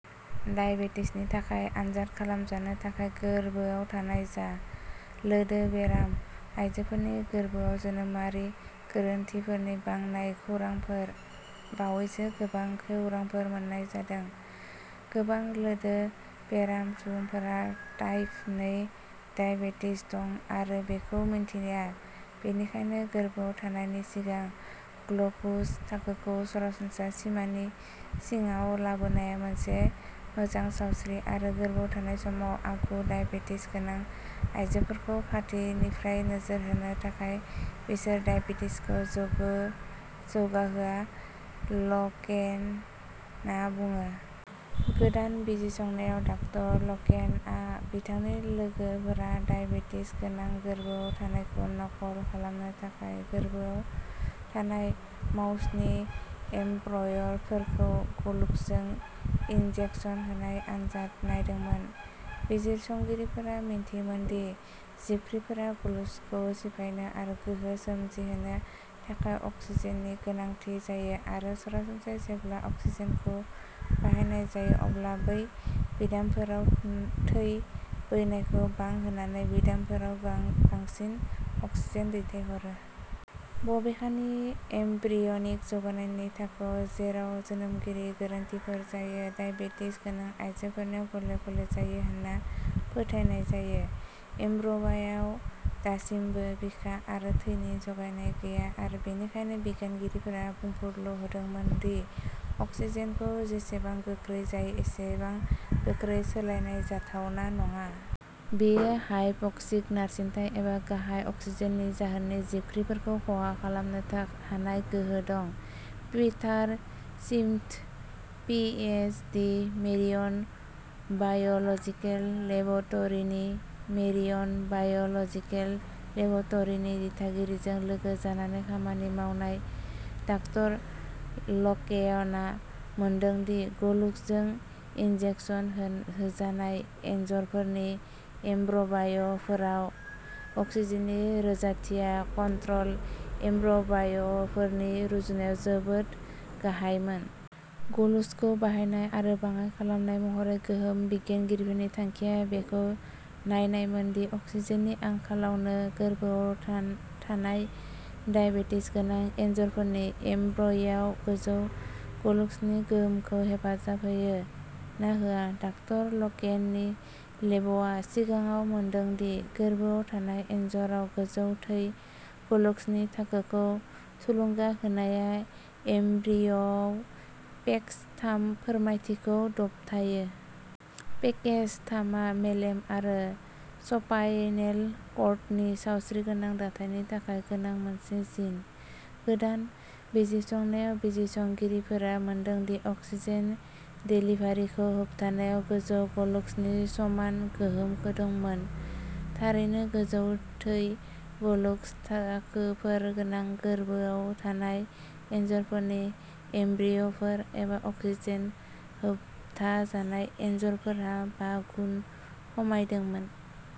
दाइबेटिसनि थाखाय आनजाद खालामजानो थाखाय गोर्बोआव थानाय जा। लोदोबेराम आयजोफोरनि गोर्बोआव जोनोमारि गोरोन्थिफोरनि बांनाय खौरांफोर बावैसो गोबां खौरांफोर मोन्नाय जादों। "गोबां लोदोबेराम सुबुंफोरहा टाइप नै दाइबेटिस दं आरो बेखौ मिन्थिया, बेनिखायनो गोर्बोआव थानायनि सिगां ग्लुकज थाखोखौ सरासनस्रा सिमानि सिङाव लाबोनाया मोनसे मोजां सानस्रि, आरो गोर्बोआव थानाय समाव आगु दाइबेटिस गोनां आयजोफोरखौ खाथिनिफ्राय नोजोर होनो थाखाय बिसोर दाइबेटिसखौ जौगो जौगाहोआ" लकेनआ बुङो। गोदान बिजिरसंनायाव, डाक्टर लकेन आरो बिथांनि लोगोफोरा दाइबेटिस गोनां गोर्बोआव थानायखौ नकल खालामनो थाखाय गोरबोआव थानाय माउसनि एम्ब्रय'फोरखौ ग्लुकजजों इनजेकसन होनाय आनजाद नायदोंमोन। बिजिरसंगिरिफोरा मिथियोमोन दि जिबख्रिफोरा ग्लुकजखौ सिफायनो आरो गोहो सोमजिहोनो थाखाय अक्सिजेननि गोनांथि जायो, आरो सरासनस्रायै, जेब्ला अक्सिजेनखौ बाहायनाय जायो, अब्ला बै बिदामफोराव थै बोहैनायखौ बांहोनानै बिदामफोराव बांसिन अक्सिजेन दैथायहरो। बबेखानि, एम्ब्रियनिक जौगानायनि थाखोआव जेराव जोनोमारि गोरोन्थिफोर जायो। डायबेटिस गोनां आइजोफोरनाव गले गले जायो होनना फोथायनाय जायो, एम्ब्राय'आव दासिमबो बिखा एबा थैनि जगायनाय गैया, आरो बेनिखायनो बिगियानगिरिफोरा बुंफुरलु होदोंमोन दि अक्सिजेनखौ जेसेबां गोख्रै जायो एसेबां गोख्रै सोलायनाय जाथावना नङा। बेयो हायपक्सिक नारसिनथाय, एबा गाहाय अक्सिजेन नि जाहोनाव जिबख्रिफोरखौ खहा खालामनो हानाय गोहो दं। Peter Smith, P H. D., marine biological लेब'रेट'रिनि मेरिन बाय'लजिकेल लेब'रेट'रिनि दिथागिरिजों लोगो जानानै खामानि मावनाय, डाक्टर ल'केनआ मोनदों दि ग्लुक'जजों इन्जेकसन होजानाय एनजर'फोरनि एम्ब्राय'फोराव अक्सिजेननि रोजाथिया कन्ट्रल एम्ब्राय'फोरनि रुजुनायाव जोबोद गाहायमोन। ग्लुलजखौ बांहोनाय आरो बाङाइ खालामनाय महरै गोहोम। बिगियानगिरिफोरनि थांखिया बेखौ नायनायमोन दि अक्सिजेननि आंखालानो गोरबोआव थानाय दाइबेटिस गोनां एनजरफोरनि एमब्रिय'आव गोजौ ग्लुसजनि गोहोमखौ हेफाजाब होयो ना होआ। डाक्टार ल'केननि लेबआ सिगाङाव मोनदों दि गोरबोआव थानाय एनजराव गोजौ थै ग्लुसजनि थाखोखौ थुलुंगा होनाया एमब्रिय'आव पेक्स थाम फोरमायथिखौ दबथायो। पेक्स थामआ मेलेम आरो स्पाइनेल कर्डनि सावस्रिगोनां दाथायनि थाखाय गोनां मोनसे जिन। गोदान बिजिरसंनायाव, बिजिरसंगिरिफोरा मोनदों दि अक्सिजेन देलिभारिखौ होबथानाय गोजौ ग्लुसजनि समान गोहोम दंमोन। थारैनो, गोजौ थै ग्लुसज थाखोफोर गोनां गोरबोआव थानाय एनजरफोरनि एमब्रिय'फोर, एबा अक्सिजेन होबथाजानाय एनजर'फोरहा बा गुन खमायदोंमोन।